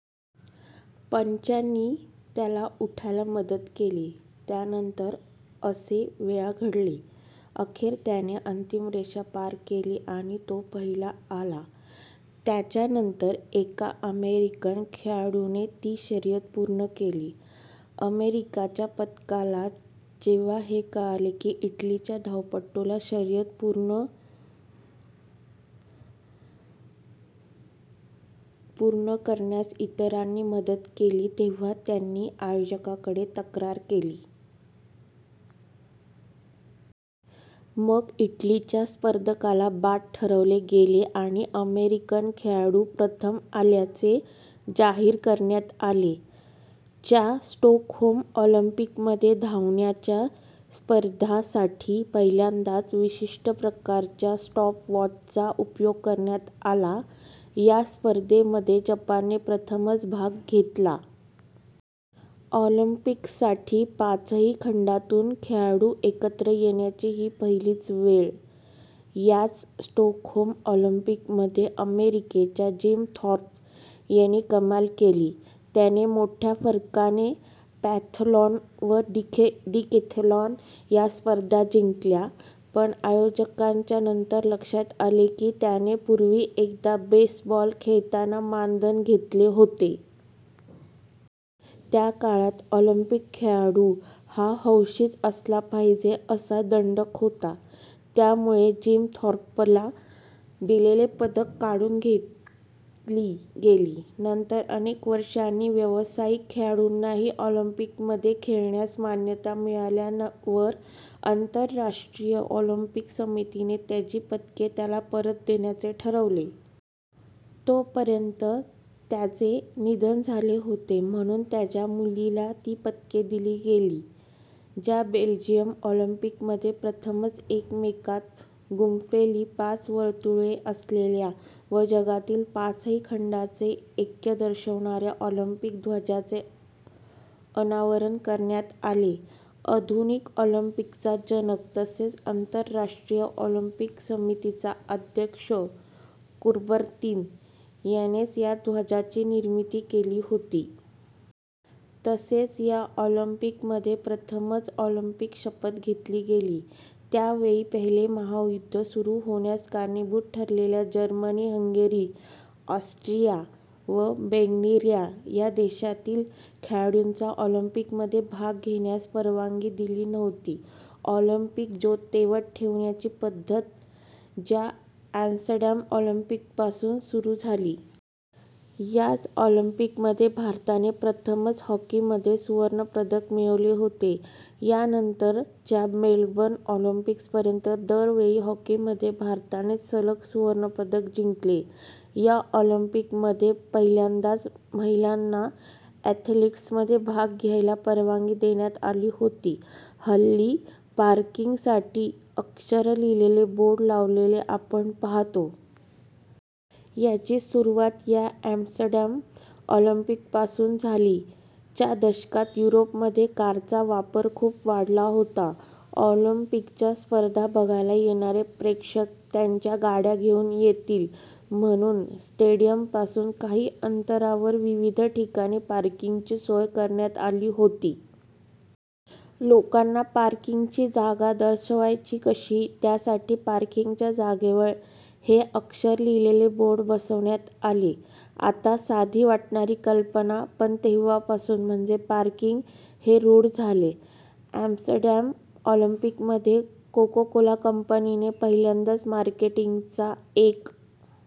पंचांनी त्याला उठायला मदत केली. त्यानंतर असे वेळा घडले. अखेर त्याने अंतिम रेषा पार केली, आणि तो पहिला आला. त्याच्या नंतर एका अमेरिकन खेळाडूने ती शर्यत पूर्ण केली. अमेरिकेच्या पथकाला जेव्हा कळले की, इटलीच्या धावपटूला शर्यत पूर्ण करण्यास इतरांनी मदत केली, तेव्हा त्यांनी आयोजकांकडे तक्रार केली. मग इटलीच्या स्पर्धकाला बाद ठरवले गेले आणि अमेरिकन खेळाडू प्रथम आल्याचे जाहीर करण्यात आले. च्या स्टॉकहोम ऑलिम्पिकमध्ये धावण्याच्या स्पर्धांसाठी पहिल्यांदाच विशिष्ट प्रकारच्या स्टॉप वॉचचा उपयोग करण्यात आला. या स्पर्धांमध्ये जपानने प्रथमच भाग घेतला. ऑलिम्पिकसाठी पाचही खंडांतून खेळाडू एकत्र येण्याची ही पहिलीच वेळ! याच स्टॉकहोम ऑलिम्पिकमध्ये अमेरिकेच्या जिम थॉर्प याने कमाल केली. त्याने मोठ्या फरकाने पेंटाथलॉन व डिकेथलॉन या स्पर्धा जिंकल्या. पण आयोजकांच्या नंतर लक्षात आले की, त्याने पूर्वी एकदा बेसबॉल खेळताना मानधन घेतले होते. त्या काळात ऑलिम्पिक खेळाडू हा हौशीच असला पाहिजे, असा दंडक होता. त्यामुळे जिम थॉर्पला दिलेली पदके काढून घेतली गेली. नंतर अनेक वर्षांनी व्यावसायिक खेळाडूंनाही ऑलिम्पिकमध्ये खेळण्यास मान्यता मिळाल्यावर आंतरराष्ट्रीय ऑलिम्पिक समितीने त्याची पदके त्याला परत देण्याचे ठरवले. तोपर्यंत त्याचे निधन झाले होते, म्हणून त्याच्या मुलीला ती पदके दिली गेली. च्या बेल्जियम ऑलिम्पिकमध्ये प्रथमच एकमेकांत गुंफलेली पाच वर्तुळे असलेल्या व जगातील पाचही खंडांचे ऐक्य दर्शवणाऱ्या ऑलिम्पिक ध्वजाचे अनावरण करण्यात आले. आधुनिक ऑलिम्पिकचा जनक, तसेच आंतरराष्ट्रीय ऑलिम्पिक समितीचा अध्यक्ष कुबर्तीन यानेच या ध्वजाची निर्मिती केली होती. तसेच या ऑलिम्पिकमध्ये प्रथमच ऑलिम्पिक-शपथ घेतली गेली. त्यावेळी पहिले महायुद्ध सुरू होण्यास कारणीभूत ठरलेल्या जर्मनी, हंगेरी, ऑस्ट्रिया व बल्गेरिया या देशांतील खेळाडूंना ऑलिम्पिकमध्ये भाग घेण्यास परवानगी दिली नव्हती. ऑलिम्पिक ज्योत तेवत ठेवण्याची पद्धत च्या ॲम्स्टरडॅम ऑलिम्पिकपासून सुरू झाली. याच ऑलिम्पिकमध्ये भारताने प्रथमच हॉकीमध्ये सुवर्णपदक मिळवले होते. या नंतर च्या मेलबर्न ऑलिम्पिकपर्यंत दर वेळी हॉकीमध्ये भारतानेच सलग सुवर्णपदक जिंकले. या ऑलिम्पिकमध्ये पहिल्यांदाच महिलांना ॲथलेटिक्समध्ये भाग घ्यायला परवानगी देण्यात आली होती. हल्ली पार्किंगसाठी '' अक्षर लिहिलेले बोर्ड लावलेले आपण पाहतो. त्याची सुरुवात या ॲम्स्टरडॅम ऑलिम्पिकपासून झाली. च्या दशकात युरोपमध्ये कारचा वापर खूप वाढला होता. ऑलिम्पिकच्या स्पर्धा बघायला येणारे प्रेक्षक त्यांच्या गाड्या घेऊन येतील, म्हणून स्टेडियमपासून काही अंतरावर विविध ठिकाणी पार्किंगची सोय करण्यात आली होती. लोकांना पार्किंगची जागा दर्शवायची कशी? त्यासाठी पार्किंगच्या जागेजवळ '' हे अक्षर लिहिलेले बोर्ड बसवण्यात आले. आता साधी वाटणारी कल्पना, पण तेव्हापासून '' म्हणजे पार्किंग, हे रूढ झाले. ॲम्स्टरडॅम ऑलिम्पिकमध्ये कोकाकोला कंपनीने पहिल्यांदाच मार्केटिंगचा एक